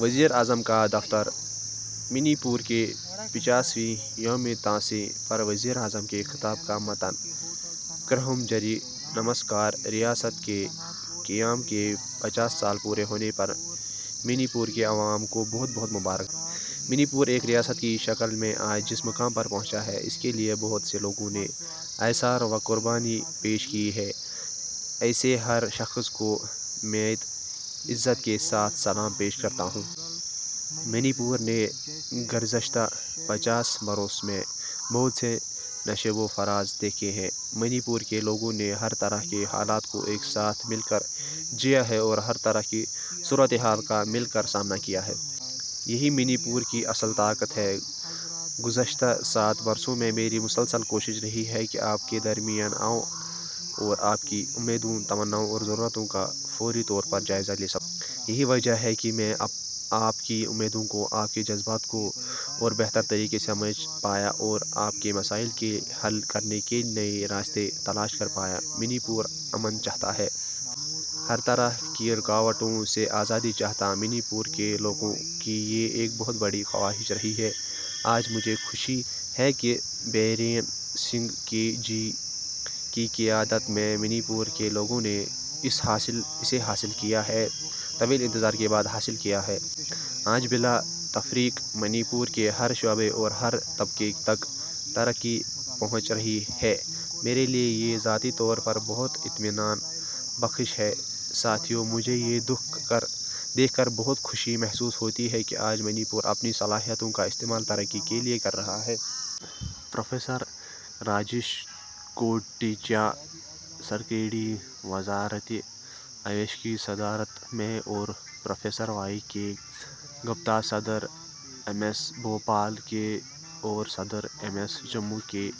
وزیراعظم کا دفتر: منی پور کے پچاسویں یومِ تاسیس پر وزیر اعظم کے خطاب کا متن۔ کُھروم جَری! نمسکار! ریاست کے قیام کے پچاس سال پورے ہونے پر منی پور کے عوام کو بہت بہت مبارک باد! منی پور ایک ریاست کی شکل میں آج جس مقام پر پہنچا ہے، اس کے لیے بہت سے لوگوں نے ایثار و قربانی پیش کی ہے۔ ایسے ہر شخص کو میں عزت کے ساتھ سلام پیش کرتا ہوں۔ منی پور نے گزشتہ پچاس برسوں میں بہت سے نشیب و فراز دیکھے ہیں۔ منی پور کے لوگوں نے ہر طرح کے حالات کو ایک ساتھ مل کر جیا ہے اور ہر طرح کی صورتِ حال کا مل کر سامنا کیا ہے۔ یہی منی پور کی اصل طاقت ہے۔ گزشتہ سات برسوں میں میری مسلسل کوشش رہی ہے کہ آپ کے درمیان آؤں اور آپ کی امیدوں، تمناؤں اور ضرورتوں کا فوری طور پر جائزہ لے سکوں۔ یہی وجہ ہے کہ میں آپ کی امیدوں کو، آپ کے جذبات کو اور بہتر طریقے سے سمجھ پایا اور آپ کے مسائل کے حل کرنے کے نئے راستے تلاش کر پایا۔ منی پور امن چاہتا ہے۔ ہر طرح کی رکاوٹوں سے آزادی چاہتا ہے۔ منی پور کے لوگوں کی یہ ایک بہت بڑی خواہش رہی ہے۔ آج مجھے خوشی ہے کہ بیرین سنگھ جی کی قیادت میں منی پور کے لوگوں نے اسے حاصل کیا ہے، طویل انتظار کے بعد حاصل کیا ہے۔ آج بلا تفریق منی پور کے ہر شعبے اور ہر طبقے تک ترقی پہنچ رہی ہے۔ میرے لیے یہ ذاتی طور پر بہت اطمینان بخش ہے۔ ساتھیو، مجھے یہ دیکھ کر بہت خوشی محسوس ہوتی ہے کہ آج منی پور اپنی صلاحیتوں کا استعمال ترقی کے لیے کر رہا ہے۔ پروفیسر راجیش کوٹیچا، سکریٹری، وزارتِ آیوش کی صدارت میں، اور پروفیسر وائی کے گپتا، صدر، ایمس بھوپال اور صدر ایمس جموں کی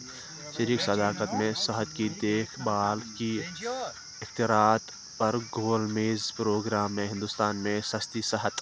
شریک صدارت میں ''صحت کی دیکھ بھال کی اختراعات'' پر گول میز پروگرام میں ہندوستان میں سستی صحت